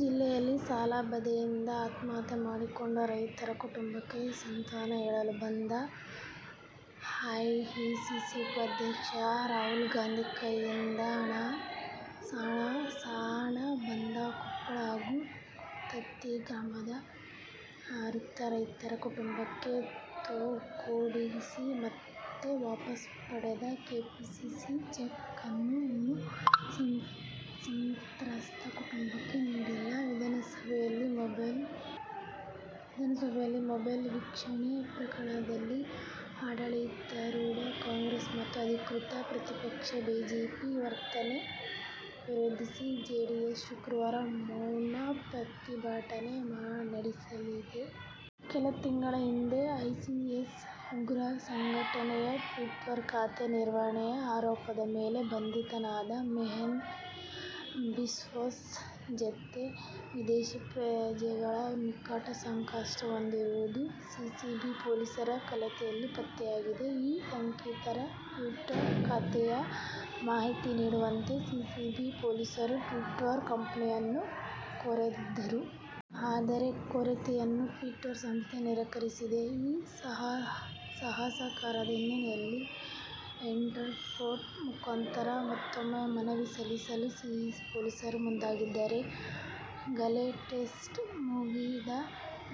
ಜಿಲ್ಲೆಯಲ್ಲಿ ಸಾಲಬಾಧೆಯಿಂದ ಆತ್ಮಹತ್ಯೆ ಮಾಡಿಕೊಂಡ ರೈತರ ಕುಟುಂಬಕ್ಕೆ ಸಾಂತ್ವನ ಹೇಳಲು ಬಂದ ಎಐಸಿಸಿ ಉಪಾಧ್ಯಕ್ಷ ರಾಹುಲ್ಗಾಂಧಿ ಕೈಯಿಂದ ಸಣಬದ ಕೊಪ್ಪಲು ಹಾಗೂ ಕೊತ್ತತ್ತಿ ಗ್ರಾಮದ ಮೃತ ರೈತರ ಕುಟುಂಬಕ್ಕೆ ಕೊಡಿಸಿ ಮತ್ತೆ ವಾಪಸ್ ಪಡೆದ ಕೆಪಿಸಿಸಿಯ ಚೆಕ್ ಅನ್ನು ಇನ್ನೂ ಸಂತ್ರಸ್ತ ಕುಟುಂಬಕ್ಕೆ ನೀಡಿಲ್ಲ! ವಿಧಾನಸಭೆಯಲ್ಲಿ ಮೊಬೈಲ್ ವೀಕ್ಷಣೆ ಪ್ರಕರಣದಲ್ಲಿ ಆಡಳಿತಾರೂಢ ಕಾಂಗ್ರೆಸ್ ಮತ್ತು ಅಧಿಕೃತ ಪ್ರತಿಪಕ್ಷ ಬಿಜೆಪಿ ವರ್ತನೆ ವಿರೋಧಿಸಿ ಜೆಡಿಎಸ್ ಶುಕ್ರವಾರ ಮೌನ ಪ್ರತಿಭಟನೆ ನಡೆಸಲಿದೆ. ಕೆಲ ತಿಂಗಳ ಹಿಂದೆ ಐಸಿಎಸ್ ಉಗ್ರ ಸಂಘಟನೆಯ ಟ್ವೀಟರ್ ಖಾತೆ ನಿರ್ವಹಣೆ ಆರೋಪದ ಮೇಲೆ ಬಂಧಿತನಾದ ಮೆಹದಿ ಬಿಸ್ವಾಸ್ ಜತೆ ವಿದೇಶಿ ಪ್ರಜೆಗಳು ನಿಕಟ ಸಂಪರ್ಕ ಹೊಂದಿರುವುದು ಸಿಸಿಬಿ ಪೊಲೀಸರ ತನಿಖೆಯಲ್ಲಿ ಪತ್ತೆಯಾಗಿತ್ತು. ಈ ಶಂಕಿತರ ಟ್ವೀಟರ್ ಖಾತೆಗಳ ಮಾಹಿತಿ ನೀಡುವಂತೆ ಸಿಸಿಬಿ ಪೊಲೀಸರು ಟ್ವೀಟರ್ ಕಂಪನಿಯನ್ನು ಕೋರಿದ್ದರು. ಆದರೆ ಕೋರಿಕೆಯನ್ನು ಟ್ವೀಟರ್ ಸಂಸ್ಥೆ ನಿರಾಕರಿಸಿದೆ. ಈ ಅಸಹಕಾರದ ಹಿನ್ನೆಲೆಯಲ್ಲಿ ಇಂಟರ್ಪೋಲ್ ಮುಖಾಂತರ ಮತ್ತೂಮ್ಮೆ ಮನವಿ ಸಲ್ಲಿಸಲು ಸಿಸಿಬಿ ಪೊಲೀಸರು ಮುಂದಾಗಿದ್ದಾರೆ. ಗಾಲೆ ಟೆಸ್ಟ್ ಮುಗಿದ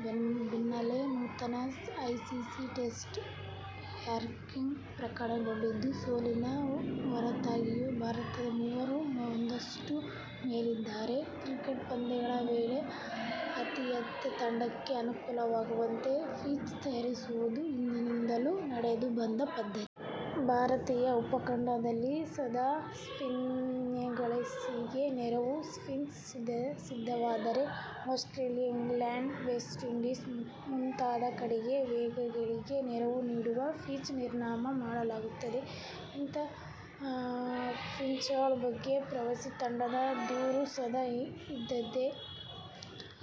ಬೆನ್ನಲ್ಲೇ ನೂತನ ಐಸಿಸಿ ಟೆಸ್ಟ್ ರ್ಯಾಂಕಿಂಗ್ ಪ್ರಕಟಗೊಂಡಿದ್ದು, ಸೋಲಿನ ಹೊರತಾಗಿಯೂ ಭಾರತದ ಮೂವರು ಒಂದಿಷ್ಟು ಮೇಲೇರಿದ್ದಾರೆ. ಕ್ರಿಕೆಟ್ ಪಂದ್ಯಗಳ ವೇಳೆ, ಆತಿಥೇಯ ತಂಡಕ್ಕೆ ಅನುಕೂಲವಾಗುವಂತೆ ಪಿಚ್ ತಯಾರಿಸುವುದು ಹಿಂದಿನಿಂದಲೂ ನಡೆದು ಬಂದ ಪದ್ಧತಿ. ಭಾರತೀಯ ಉಪಖಂಡದಲ್ಲಿ ಸದಾ ಸ್ಪಿನ್ನರ್ಗಳಿಗೆ ನೆರವು ಪಿಚ್ ಸಿದ್ಧವಾದರೆ, ಆಸ್ಟ್ರೇಲಿಯಾ, ಇಂಗ್ಲೆಂಡ್, ವೆಸ್ಟ್ಇಂಡೀಸ್ ಮುಂತಾದಕಡೆ ವೇಗಿಗಳಿಗೆ ನೆರವು ನೀಡುವ ಪಿಚ್ ನಿರ್ಮಾಣ ಮಾಡಲಾಗುತ್ತದೆ. ಇಂಥ ಪಿಚ್ಗಳ ಬಗ್ಗೆ ಪ್ರವಾಸಿ ತಂಡದ ದೂರು ಸದಾ ಇದ್ದದ್ದೇ.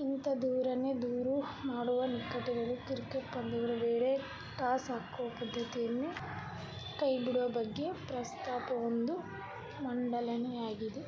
ಇಂಥ ದೂರನ್ನೇ ದೂರ ಮಾಡುವ ನಿಟ್ಟಿನಲ್ಲಿ ಕ್ರಿಕೆಟ್ ಪಂದ್ಯಗಳ ವೇಳೆ ಟಾಸ್ ಹಾಕುವ ಪದ್ಧತಿಯನ್ನೇ ಕೈಬಿಡುವ ಬಗ್ಗೆ ಪ್ರಸ್ತಾಪವೊಂದು ಮಂಡನೆಯಾಗಿದೆ.